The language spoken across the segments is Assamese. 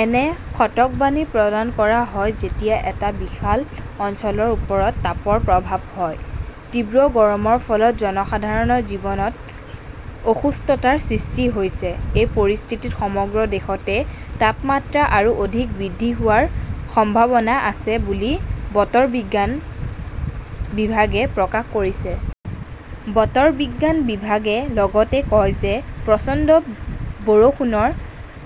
এনে সতৰ্কবাণী প্ৰদান কৰা হয় যেতিয়া এটা বিশাল অঞ্চলৰ ওপৰত তাপৰ প্ৰভাব হয়। তীব্ৰ গৰমৰ ফলত জনসাধাৰণৰ জীৱনত অসুস্ততাৰ সৃষ্টি হৈছে। এই পৰিস্থিতিত সমগ্ৰ দেশতে তাপমাত্ৰা আৰু অধিক বৃদ্ধি হোৱাৰ সম্ভাৱনা আছে বুলি বতৰ বিজ্ঞান বিভাগে প্ৰকাশ কৰিছে। বতৰ বিজ্ঞান বিভাগে লগতে কয় যে প্ৰচণ্ড বৰষুণৰ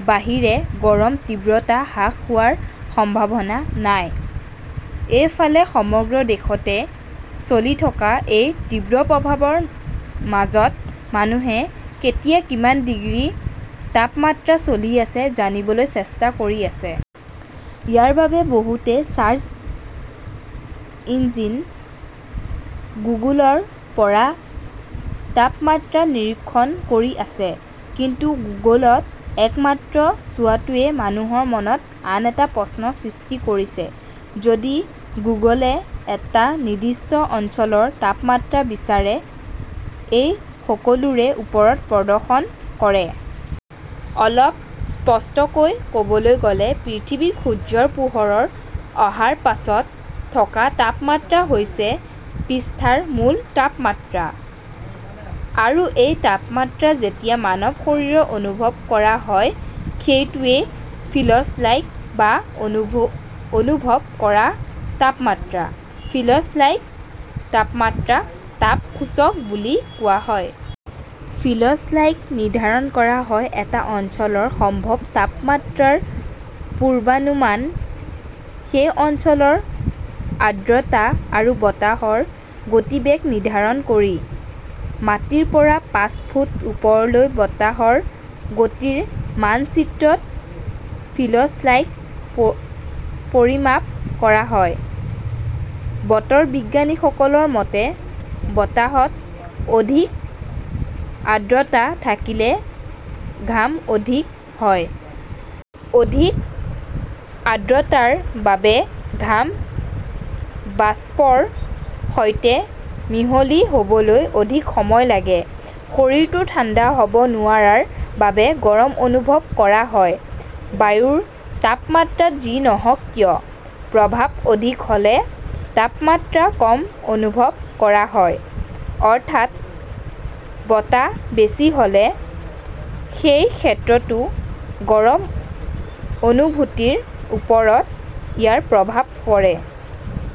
বাহিৰে গৰম তীব্ৰতা হ্ৰাস হোৱাৰ সম্ভাৱনা নাই। এইফালে, সমগ্ৰ দেশতে চলি থকা এই তীব্ৰপ্ৰভাহৰ মাজত মানুহে কেতিয়া কিমান ডিগ্ৰী তাপমাত্ৰা চলি আছে জানিবলৈ চেষ্টা কৰি আছে। ইয়াৰ বাবে বহুতে চাৰ্চ ইঞ্জিন গুগলৰ পৰা তাপমাত্ৰা নিৰীক্ষণ কৰি আছে। কিন্তু গুগলত একমাত্ৰ চোৱাটোৱে মানুহৰ মনত আন এটা প্ৰশ্নৰ সৃষ্টি কৰিছে। যদি গুগলে এটা নিৰ্দিষ্ট অঞ্চলৰ তাপমাত্ৰা বিচাৰে, এই সকলোৰে ওপৰত প্ৰদৰ্শন কৰে। অলপ স্পষ্টকৈ ক'বলৈ গ'লে, পৃথিৱীত সূৰ্য্যৰ পোহৰৰ অহাৰ পাছত থকা তাপমাত্ৰা হৈছে পৃষ্ঠাৰ মূল তাপমাত্ৰা। আৰু এই তাপমাত্ৰা যেতিয়া মানৱ শৰীৰত অনুভৱ কৰা হয়, সেইটোৱেই "ফিলছ লাইক" বা অনু অনুভৱ কৰা তাপমাত্ৰা। ফিলছ লাইক তাপমাত্ৰাক তাপ সূচক বুলি কোৱা হয়। ফিলছ লাইক নিৰ্ধাৰণ কৰা হয় এটা অঞ্চলৰ সম্ভাৱ্য তাপমাত্ৰাৰ পূৰ্বানুমান, সেই অঞ্চলৰ আৰ্দ্ৰতা আৰু বতাহৰ গতিবেগ নিৰ্ধাৰণ কৰি। মাটিৰ পৰা পাঁচ ফুট ওপৰলৈ বতাহৰ গতিৰ মানচিত্ৰত ফিলছ লাইক পৰিমাপ কৰা হয়। বতৰ বিজ্ঞানীসকলৰ মতে, বতাহত অধিক আৰ্দ্ৰতা থাকিলে ঘাম অধিক হয়। অধিক আৰ্দ্ৰতাৰ বাবে ঘাম বাষ্পৰ সৈতে মিহলি হ 'বলৈ অধিক সময় লাগে। শৰীৰটো ঠাণ্ডা হ'ব নোৱাৰাৰ বাবে গৰম অনুভৱ কৰা হয়। বায়ুৰ তাপমাত্ৰা যি নহওক কিয়, প্ৰভাব অধিক হ 'লে তাপমাত্ৰা কম অনুভৱ কৰা হয়, অৰ্থাৎ বতাহ বেছি হ' লে। সেই ক্ষেত্ৰতো গৰম অনুভূতিৰ ওপৰত ইয়াৰ প্ৰভাৱ পৰে।